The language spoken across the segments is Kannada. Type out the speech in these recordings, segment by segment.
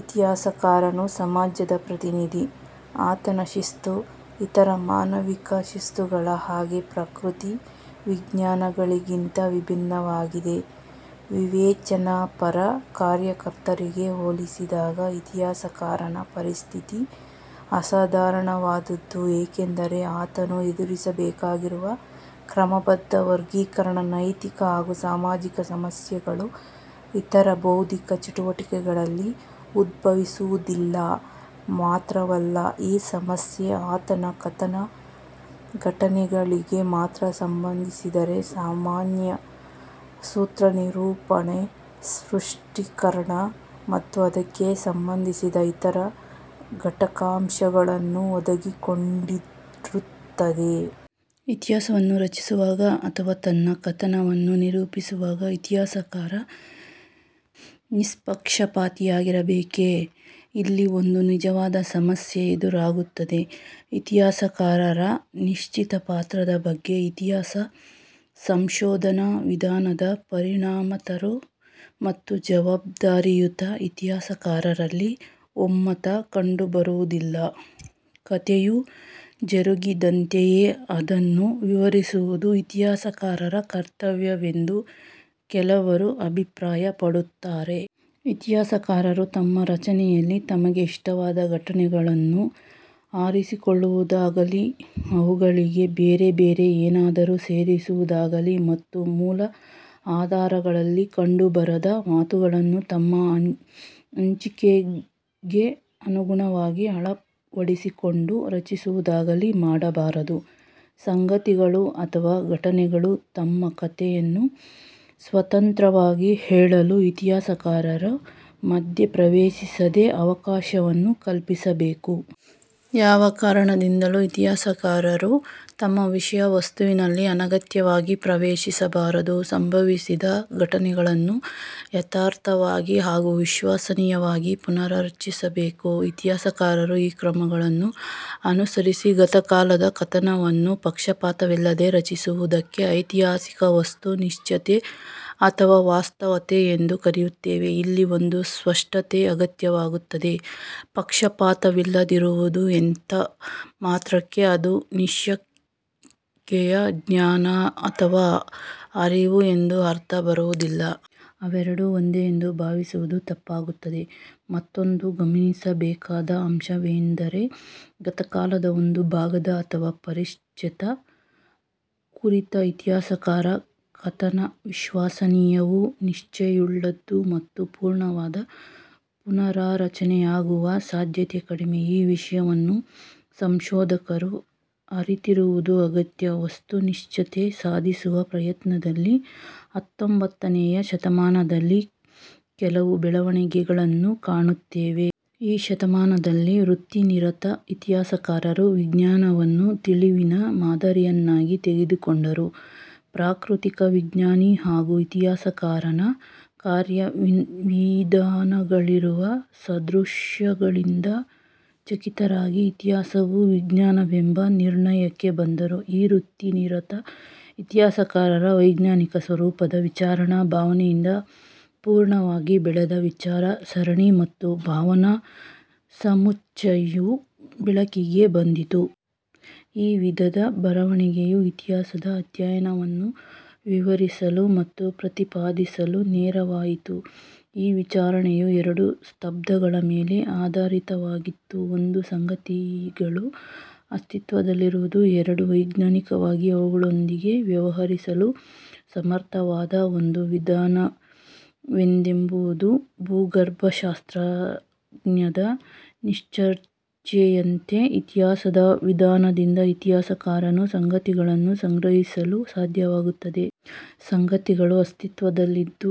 ಇತಿಹಾಸಕಾರನು ಸಮಾಜದ ಪ್ರತಿನಿಧಿ. ಆತನ ಶಿಸ್ತು ಇತರ ಮಾನವಿಕ ಶಿಸ್ತುಗಳ ಹಾಗೆ ಪ್ರಕೃತಿ ವಿಜ್ಞಾನಗಳಿಗಿಂತ ವಿಭಿನ್ನವಾಗಿದೆ. ವಿವೇಚನಾಪರ ಕಾರ್ಯಕರ್ತರಿಗೆ ಹೋಲಿಸಿದಾಗ ಇತಿಹಾಸಕಾರನ ಪರಿಸ್ಥಿತಿ ಅಸಾಧಾರಣವಾದುದು. ಏಕೆಂದರೆ ಆತನು ಎದುರಿಸಬೇಕಾಗಿರುವ ಕ್ರಮಬದ್ಧ ವರ್ಗೀಕರಣ, ನೈತಿಕ ಹಾಗೂ ಸಾಮಾಜಿಕ ಸಮಸ್ಯೆಗಳು ಇತರ ಬೌದ್ಧಿಕ ಚಟುವಟಿಕೆಗಳಲ್ಲಿ ಉದ್ಭವಿಸುವುದಿಲ್ಲ. ಮಾತ್ರವಲ್ಲ, ಈ ಸಮಸ್ಯೆ ಆತನ ಕಥನ ಘಟನೆಗಳಿಗೆ ಮಾತ್ರ ಸಂಬಂಧಿಸಿರದೆ ಸಾಮಾನ್ಯ ಸೂತ್ರ ನಿರೂಪಣೆ ಸ್ಪಷ್ಟೀಕರಣ ಮತ್ತು ಅದಕ್ಕೆ ಸಂಬಂಧಿಸಿದ ಇತರ ಘಟಕಾಂಶಗಳನ್ನು ಒಳಗೊಂಡಿರುತ್ತದೆ. ಇತಿಹಾಸವನ್ನು ರಚಿಸುವಾಗ ಅಥವಾ ತನ್ನ ಕಥನವನ್ನು ನಿರೂಪಿಸುವಾಗ ಇತಿಹಾಸಕಾರ ನಿಷ್ಪಕ್ಷಪಾತಿಯಾಗಿರಬೇಕೆ? ಇಲ್ಲಿ ಒಂದು ನಿಜವಾದ ಸಮಸ್ಯೆ ಎದುರಾಗುತ್ತದೆ. ಇತಿಹಾಸಕಾರರ ನಿಶ್ಚಿತ ಪಾತ್ರದ ಬಗ್ಗೆ ಇತಿಹಾಸ ಸಂಶೋಧನಾ ವಿಧಾನದ ಪರಿಣತರು ಮತ್ತು ಜವಾಬ್ದಾರಿಯುತ ಇತಿಹಾಸಕಾರರಲ್ಲಿ ಒಮ್ಮತ ಕಂಡುಬರುವುದಿಲ್ಲ. ಕಥೆಯು ಜರುಗಿದಂತೆಯೇ ಅದನ್ನು ವಿವರಿಸುವುದು ಇತಿಹಾಸಕಾರರ ಕರ್ತವ್ಯವೆಂದು ಕೆಲವರು ಅಭಿಪ್ರಾಯ ಪಡುತ್ತಾರೆ. ಇತಿಹಾಸಕಾರರು ತಮ್ಮ ರಚನೆಯಲ್ಲಿ ತಮಗೆ ಇಷ್ಟವಾದ ಘಟನೆಗಳನ್ನು ಆರಿಸಿಕೊಳ್ಳುವುದಾಗಲಿ, ಅವುಗಳಿಗೆ ಬೇರೆ ಬೇರೆ ಏನಾದರೂ ಸೇರಿಸುವುದಾಗಲಿ ಮತ್ತು ಮೂಲ ಆಧಾರಗಳಲ್ಲಿ ಕಂಡುಬರದ ಮಾತುಗಳನ್ನು ತಮ್ಮ ಹಂಚಿಕೆಗೆ ಅನುಗುಣವಾಗಿ ಅಳವಡಿಸಿಕೊಂಡು ರಚಿಸುವುದಾಗಲಿ ಮಾಡಬಾರದು. ಸಂಗತಿಗಳು ಅಥವಾ ಘಟನೆಗಳು ತಮ್ಮ ಕಥೆಯನ್ನು ಸ್ವತಂತ್ರವಾಗಿ ಹೇಳಲು, ಇತಿಹಾಸಕಾರರು ಮಧ್ಯ ಪ್ರವೇಶಿಸದೆ, ಅವಕಾಶವನ್ನು ಕಲ್ಪಿಸಬೇಕು. ಯಾವ ಕಾರಣದಿಂದಲೂ ಇತಿಹಾಸಕಾರರು ತಮ್ಮ ವಿಷಯ ವಸ್ತುವಿನಲ್ಲಿ ಅನಗತ್ಯವಾಗಿ ಪ್ರವೇಶಿಸಬಾರದು. ಸಂಭವಿಸಿದ ಘಟನೆಗಳನ್ನು ಯಥಾರ್ಥವಾಗಿ ಹಾಗೂ ವಿಶ್ವಸನೀಯವಾಗಿ ಪುನಾರಚಿಸಬೇಕು. ಇತಿಹಾಸಕಾರರು ಈ ಕ್ರಮಗಳನ್ನು ಅನುಸರಿಸಿ ಗತಕಾಲದ ಕಥನವನ್ನು ಪಕ್ಷಪಾತವಿಲ್ಲದೆ ರಚಿಸುವುದಕ್ಕೆ ಐತಿಹಾಸಿಕ ವಸ್ತುನಿಷ್ಠತೆ ಅಥವಾ ವಾಸ್ತವತೆ ಎಂದು ಕರೆಯುತ್ತೇವೆ. ಇಲ್ಲಿ ಒಂದು ಸ್ಪಷ್ಟತೆ ಅಗತ್ಯವಾಗುತ್ತದೆ. ಪಕ್ಷಪಾತವಿಲ್ಲದಿರುವುದು ಎಂದ ಮಾತ್ರಕ್ಕೆ ಅದು ನಿಶ್ಯಂಕೆಯ ಜ್ಞಾನ ಅಥವಾ ಅರಿವು ಎಂದು ಅರ್ಥ ಬರುವುದಿಲ್ಲ. ಅವೆರಡೂ ಒಂದೇ ಎಂದು ಭಾವಿಸುವುದು ತಪ್ಪಾಗುತ್ತದೆ. ಮತ್ತೊಂದು ಗಮನಿಸಬೇಕಾದ ಅಂಶವೆಂದರೆ, ಗತಕಾಲದ ಒಂದು ಭಾಗದ ಅಥವಾ ಪರಿಚ್ಛೇದ ಕುರಿತ ಇತಿಹಾಸಕಾರರ ಕಥನ ವಿಶ್ವಸನೀಯವೂ, ನಿಷ್ಠೆಯುಳ್ಳದ್ದೂ ಮತ್ತು ಪೂರ್ಣವಾದ ಪುನಾರಚನೆಯಾಗಿರುವ ಸಾಧ್ಯತೆ ಕಡಿಮೆ. ಈ ವಿಷಯವನ್ನು ಸಂಶೋಧಕರು ಅರಿತಿರುವುದು ಅಗತ್ಯ. ವಸ್ತುನಿಷ್ಠತೆ ಸಾಧಿಸುವ ಪ್ರಯತ್ನದಲ್ಲಿ ಹತ್ತೊಂಭತ್ತನೆಯ ಶತಮಾನದಲ್ಲಿ ಕೆಲವು ಬೆಳವಣಿಗೆಗಳನ್ನು ಕಾಣುತ್ತೇವೆ. ಈ ಶತಮಾನದಲ್ಲಿ ವೃತ್ತಿನಿರತ ಇತಿಹಾಸಕಾರರು ವಿಜ್ಞಾನವನ್ನು ತಿಳಿವಿನ ಮಾದರಿಯನ್ನಾಗಿ ತೆಗೆದುಕೊಂಡರು. ಪ್ರಾಕೃತಿಕ ವಿಜ್ಞಾನಿ ಹಾಗೂ ಇತಿಹಾಸಕಾರನ ಕಾರ್ಯವಿಧಾನಗಳಿಗಿರುವ ಸಾದೃಶ್ಯಗಳಿಂದ ಚಕಿತರಾಗಿ ಇತಿಹಾಸವೂ ವಿಜ್ಞಾನವೆಂಬ ನಿರ್ಣಯಕ್ಕೆ ಬಂದರು. ಈ ವೃತ್ತಿನಿರತ ಇತಿಹಾಸಕಾರರ ವೈಜ್ಞಾನಿಕ ಸ್ವರೂಪದ ವಿಚಾರಣಾ ಭಾವನೆಯಿಂದ ಪೂರ್ಣವಾಗಿ ಬೆಳೆದ ವಿಚಾರ ಸರಣಿ ಮತ್ತು ಭಾವನಾ ಸಮುಚ್ಛಯವು ಬೆಳಕಿಗೆ ಬಂದಿತು. ಈ ವಿಧದ ಬರವಣಿಗೆಯು ಇತಿಹಾಸದ ಅಧ್ಯಯನವನ್ನು ವಿವರಿಸಲು ಮತ್ತು ಪ್ರತಿಪಾದಿಸಲು ನೆರವಾಯಿತು. ಈ ವಿಚಾರಣೆಯು ಎರಡು ಸ್ತಂಭಗಳ ಮೇಲೆ ಆಧರಿತವಾಗಿತ್ತು. ಒಂದು, ಸಂಗತಿಗಳು ಅಸ್ತಿತ್ವದಲ್ಲಿರುವುದು ಎರಡು, ವೈಜ್ಞಾನಿಕವಾಗಿ ಅವುಗಳೊಂದಿಗೆ ವ್ಯವಹರಿಸಲು ಸಮರ್ತವಾದ ಒಂದು ವಿಧಾನವಿದೆಯೆಂಬುದು. ಭೂಗರ್ಭಶಾಸ್ತ್ರಜ್ಞನ ನಿಷ್ಕರ್ಷೆಯಂತೆ, ಇತಿಹಾಸದ ವಿಧಾನದಿಂದ ಇತಿಹಾಸಕಾರನು ಸಂಗತಿಗಳನ್ನು ಸಂಗ್ರಹಿಸಲು ಸಾಧ್ಯವಾಗುತ್ತದೆ. ಸಂಗತಿಗಳು ಅಸ್ತಿತ್ವದಲ್ಲಿದ್ದು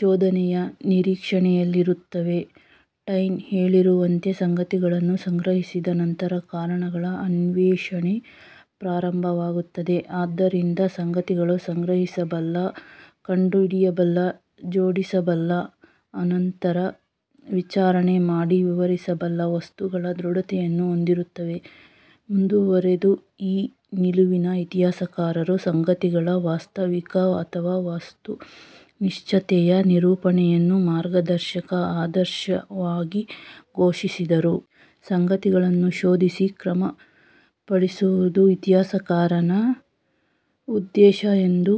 ಶೋಧನೆಯ ನಿರೀಕ್ಷಣೆಯಲ್ಲಿರುತ್ತವೆ. ಟೈನ್ ಹೇಳಿರುವಂತೆ ಸಂಗತಿಗಳನ್ನು ಸಂಗ್ರಹಿಸಿದ ನಂತರ ಕಾರಣಗಳ ಅನ್ವೇಷಣೆ ಪ್ರಾರಂಭವಾಗುತ್ತದೆ. ಆದ್ದರಿಂದ ಸಂಗತಿಗಳು ಸಂಗ್ರಹಿಸಬಲ್ಲ, ಕಂಡು ಹಿಡಿಯಬಲ್ಲ, ಜೋಡಿಸಬಲ್ಲ, ಅನಂತರ ವಿಚಾರಣೆ ಮಾಡಿ ವಿವರಿಸಬಲ್ಲ ವಸ್ತುಗಳ ದೃಢತೆಯನ್ನು ಹೊಂದಿರುತ್ತವೆ. ಮುಂದುವರಿದು ಈ ನಿಲುವಿನ ಇತಿಹಾಸಕಾರರು ಸಂಗತಿಗಳ ವಾಸ್ತವಿಕ ಅಥವಾ ವಸ್ತುನಿಷ್ಠತೆಯ ನಿರೂಪಣೆಯನ್ನು ಮಾರ್ಗದರ್ಶಕ ಆದರ್ಶವಾಗಿ ಘೋಷಿಸಿದರು. ಸಂಗತಿಗಳನ್ನು ಶೋಧಿಸಿ ಕ್ರಮಪಡಿಸುವುದು ಇತಿಹಾಸಕಾರನ ಉದ್ದೇಶ ಎಂದು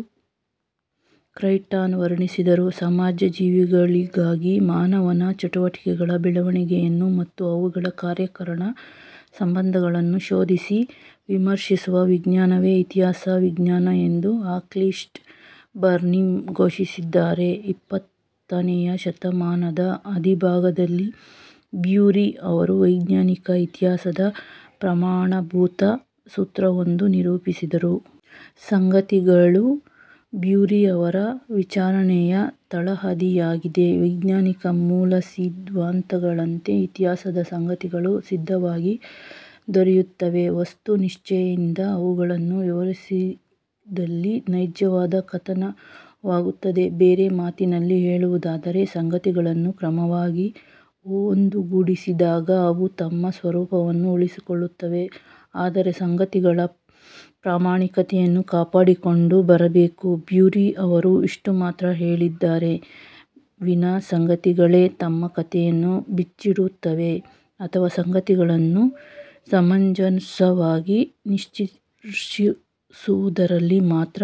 ಕ್ರೈಗ್ಟನ್ ವರ್ಣಿಸಿದರು. ಸಮಾಜಜೀವಿಗಳಿಗಾಗಿ ಮಾನವನ ಚಟುವಟಿಕೆಗಳ ಬೆಳವಣಿಗೆಯನ್ನು ಮತ್ತು ಅವುಗಳ ಕಾರ್ಯಕಾರಣ ಸಂಬಂಧಗಳನ್ನು ಶೋಧಿಸಿ ವಿಮರ್ಶಿಸುವ ವಿಜ್ಞಾನವೇ ಇತಿಹಾಸ ವಿಜ್ಞಾನ ಎಂದು ಆಕ್ನಿಸ್ಟ್ ಬರ್ನಿಂ ಘೋಷಿಸಿದ್ದಾರೆ. ಇಪ್ಪತ್ತನೆಯ ಶತಮಾನದ ಆದಿಭಾಗದಲ್ಲಿ ಬ್ಯೂರಿ ಅವರು ವೈಜ್ಞಾನಿಕ ಇತಿಹಾಸದ ಪ್ರಮಾಣಭೂತ ಸೂತ್ರವೊಂದನ್ನು ನಿರೂಪಿಸಿದರು. ಸಂಗತಿಗಳು ಬ್ಯೂರಿ ಅವರ ವಿಚಾರಸರಣಿಯ ತಳಹದಿಯಾಗಿದೆ. ವೈಜ್ಞಾನಿಕ ಮೂಲಸಿದ್ಧಾಂತಗಳಂತೆ ಇತಿಹಾಸದ ಸಂಗತಿಗಳೂ ಸಿದ್ಧವಾಗಿ ದೊರೆಯುತ್ತವೆ. ವಸ್ತುನಿಷ್ಠತೆಯಿಂದ ಅವುಗಳನ್ನು ವ್ಯವಸ್ಥೆಗೊಳಿಸಿದಲ್ಲಿ ನೈಜವಾದ ಕಥನವಾಗುತ್ತದೆ. ಬೇರೆ ಮಾತಿನಲ್ಲಿ ಹೇಳುವುದಾದರೆ, ಸಂಗತಿಗಳನ್ನು ಕ್ರಮವಾಗಿ ಒಂದುಗೂಡಿಸಿದಾಗ ಅವು ತಮ್ಮ ಸ್ವರೂಪವನ್ನು ಉಳಿಸಿಕೊಳ್ಳುತ್ತವೆ. ಆದರೆ ಸಂಗತಿಗಳ ಪ್ರಾಮಾಣಿಕತೆಯನ್ನು ಕಾಪಾಡಿಕೊಂಡು ಬರಬೇಕು. ಬ್ಯೂರಿ ಅವರು ಇಷ್ಟುಮಾತ್ರ ಹೇಳಿದರೇ ವಿನಾ ಸಂಗತಿಗಳೇ ತಮ್ಮ ಕಥೆಯನ್ನು ಬಿಚ್ಚಿಡುತ್ತವೆ ಅಥವಾ ಸಂಗತಿಗಳನ್ನು ಸಮಂಜಸವಾಗಿ ನಿಷ್ಕರ್ಷಿಸುವುದರಲ್ಲಿ ಮಾತ್ರ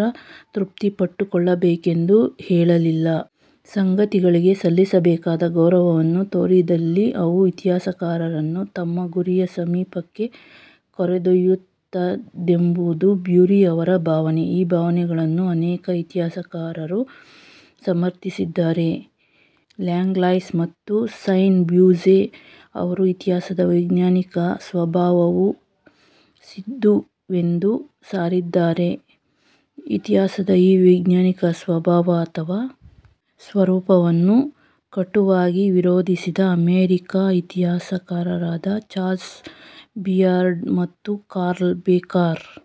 ತೃಪ್ತಿಪಟ್ಟುಕೊಳ್ಳಬೇಕೆಂದು ಹೇಳಲಿಲ್ಲ. ಸಂಗತಿಗಳಿಗೆ ಸಲ್ಲಿಸಬೇಕಾದ ಗೌರವವನ್ನು ತೋರಿದಲ್ಲಿ ಅವು ಇತಿಹಾಸಕಾರರನ್ನು ತಮ್ಮ ಗುರಿಯ ಸಮೀಪಕ್ಕೆ ಕರೆದೊಯ್ಯುತ್ತದೆಂಬುದು ಬ್ಯೂರಿ ಅವರ ಭಾವನೆ. ಈ ಭಾವನೆಯನ್ನು ಅನೇಕ ಇತಿಹಾಸಕಾರರು ಸಮರ್ಥಿಸಿದ್ದಾರೆ. ಲ್ಯಾಂಗ್ಲಾಯ್ಸ್ ಮತ್ತು ಸೈನ್ ಭೋಸ್ ಅವರೂ ಇತಿಹಾಸದ ವೈಜ್ಞಾನಿಕ ಸ್ವಭಾವವು ಸಿಂಧುವೆಂದು ಸಾರಿದ್ದಾರೆ. ಇತಿಹಾಸದ ಈ ವೈಜ್ಞಾನಿಕ ಸ್ವಭಾವ ಅಥವಾ ಸ್ವರೂಪವನ್ನು ಕಟುವಾಗಿ ವಿರೋಧಿಸಿದ ಅಮೆರಿಕಾದ ಇತಿಹಾಸಕಾರರಾದ ಚಾರ್ಲ್ಸ್ ಬಿಯರ್ಡ್ ಮತ್ತು ಕಾರ್ಲ್ ಬೇಕರ್